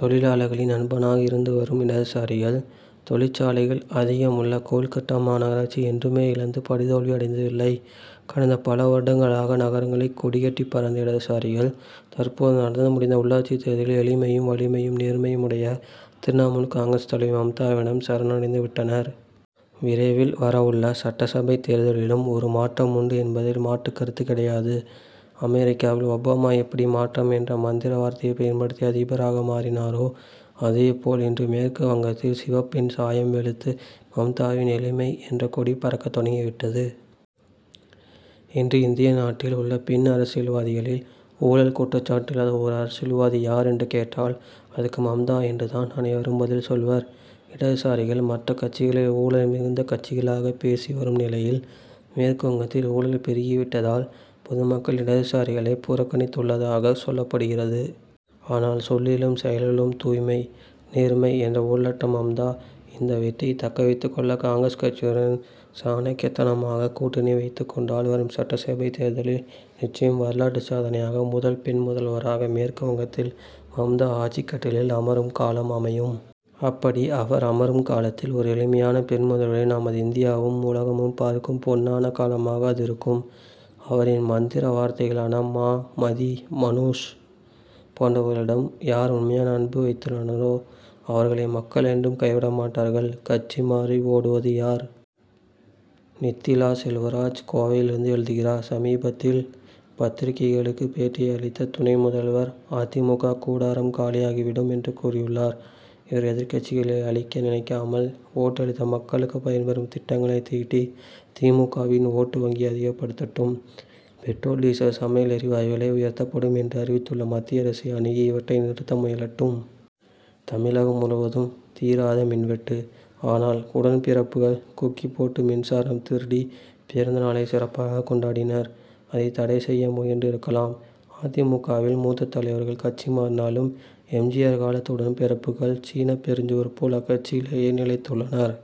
தொழிலாளர்களின் நண்பனாக இருந்து வரும் இடதுசாரிகள், தொழிற்சாலைகள் அதிகம் உள்ள கோல்கட்டா மாநகராட்சியை என்றுமே இழந்து படுதோல்வி அடைந்தது இல்லை. கடந்த பல வருடங்களாக, நகரங்களில் கொடிகட்டிப் பறந்த இடதுசாரிகள், தற்போது நடந்து முடிந்த உள்ளாட்சித் தேர்தலில் எளிமையும், வலிமையும், நேர்மையும் உடைய திரிணாமுல் காங்கிரஸ் தலைவி மம்தாவிடம் சரண் அடைந்துவிட்டனர். விரைவில் வரவுள்ள சட்டசபைத் தேர்தலிலும், ஒரு மாற்றம் உண்டு என்பதில் மாற்றுக் கருத்துக் கிடையாது. அமெரிக்காவில் ஒபாமா எப்படி மாற்றம் என்ற மந்திர வார்த்தையைப் பயன்படுத்தி அதிபராக மாறினாரோ, அதே போல் இன்று மேற்கு வங்கத்தில் சிவப்பின் சாயம் வெளுத்து, மம்தாவின் எளிமை என்ற கொடி பறக்கத் தொடங்கி விட்டது. இன்று, இந்திய நாட்டில் உள்ள பெண் அரசியல்வாதிகளில், ஊழல் குற்றச்சாட்டு இல்லாத ஒரு அரசியல்வாதி யார் என்று கேட்டால், அதற்கு மம்தா என்று தான் அனைவரும் பதில் சொல்வர். இடதுசாரிகள், மற்ற கட்சிகளை ஊழல் மிகுந்த கட்சிகளாக பேசி வரும் நிலையில், மேற்கு வங்கத்தில் ஊழல் பெருகிவிட்டதால், பொதுமக்கள் இடதுசாரிகளை புறக்கணித்துள்ளதாக சொல்லப்படுகிறது. ஆனால், சொல்லிலும், செயலிலும் தூய்மை, நேர்மை என்ற ஊழலற்ற மம்தா, இந்த வெற்றியை தக்க வைத்துக் கொள்ள, காங்கிரஸ் கட்சியுடன், சாணக்கியத்தனமாக கூட்டணி வைத்துக் கொண்டால், வரும் சட்டசபை தேர்தலில் நிச்சயம் வரலாற்று சாதனையாக, முதல் பெண் முதல்வராக, மேற்கு வங்கத்தில் மம்தா ஆட்சிக் கட்டிலில் அமரும் காலம் அமையும். அப்படி, அவர் அமரும் காலத்தில் ஒரு எளிமையான பெண் முதல்வரை நமது இந்தியாவும், உலகமும் பார்க்கும் பொன்னான காலமாக அது இருக்கும். அவரின் மந்திர வார்த்தைகளான மா, மதி, மநூஷ் போன்றவர்களிடம், யார் உண்மையான அன்பு வைத்துள்ளனரோ, அவர்களை மக்கள் என்றும் கைவிட மாட்டார்கள். கட்சி மாறி ஓடுவது யார்? நித்திலா செல்வராஜ், கோவையிலிருந்து எழுதுகிறார் சமீபத்தில் பத்திரிகைகளுக்கு பேட்டியளித்த துணை முதல்வர், அ. தி. மு. க. கூடாரம் காலியாகிவிடும்' என்று கூறியுள்ளார். இவர், எதிர்க்கட்சிகளை அழிக்க நினைக்காமல், ஓட்டளித்த மக்களுக்கு பயன்பெறும் திட்டங்களை தீட்டி, தி. மு. க.வின் ஓட்டு வங்கியை அதிகப்படுத்தட்டும். பெட்ரோல், டீசல், சமையல் எரிவாயு விலை உயர்த்தப்படும்' என்று அறிவித்துள்ள மத்திய அரசை அணுகி, இவற்றை நிறுத்த முயலட்டும். தமிழகம் முழுவதும், தீராத மின்வெட்டு. ஆனால், உடன்பிறப்புகள், கொக்கிபோட்டு மின்சாரம் திருடி, பிறந்தநாளை சிறப்பாக கொண்டாடினர். அதைத் தடை செய்ய முயன்று இருக்கலாம்! அ. தி. மு. க.வில், மூத்த தலைவர்கள் கட்சி மாறினாலும், எம். ஜி. ஆர். காலத்து உடன்பிறப்புகள், சீன பெருஞ்சுவர் போல், அக்கட்சியிலேயே நிலைத்து உள்ளனர்.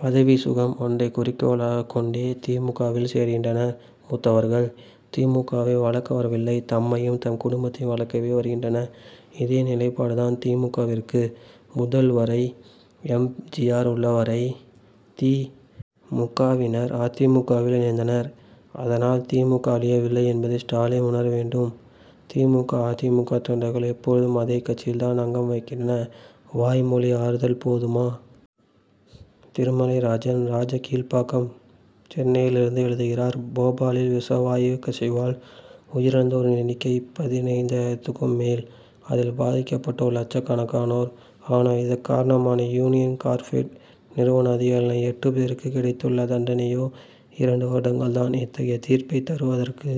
பதவி சுகம் ஒன்றை குறிக்கோளாக கொண்டே தி. மு. க.வில் சேருகின்றனர் மூத்தவர்கள். தி. மு. க.வை வளர்க்க வரவில்லை, தம்மையும், தம் குடும்பத்தையும் வளர்க்கவே வருகின்றனர். இதே நிலைபாடு தான் தி. மு. க.விற்கு. முதல், வரை, எம். ஜி. ஆர். உள்ளவரை, தி. மு. க.வினர், அ. தி. மு. க.வில் இணைந்தனர். அதனால், தி. மு. க. அழியவில்லை என்பதை ஸ்டாலின் உணர வேண்டும். தி. மு. க. அ. தி. மு. க. தொண்டர்கள், எப்போதும் அதே கட்சியிலே தான் அங்கம் வகிக்கின்றனர். வாய்மொழி ஆறுதல் போதுமா? திருமலைராஜன், ராஜகீழ்ப்பாக்கம், சென்னையிலிருந்து எழுதுகிறார் போபாலில், விஷவாயுக் கசிவால் உயிர் இழந்தோரின் எண்ணிக்கை பதினைந்தாயிரத்துக்கும் மேல். அதில் பாதிக்கப்பட்டோர் லட்சக்கணக்கானோர். ஆனால், இதற்குக் காரணமான யூனியன் கார்பைடு நிறுவன அதிகாரிகளான, எட்டு பேருக்கு கிடைத்துள்ள தண்டனையோ, இரண்டு வருடங்கள் தான்! இத்தகைய தீர்ப்பைத் தருவதற்கு,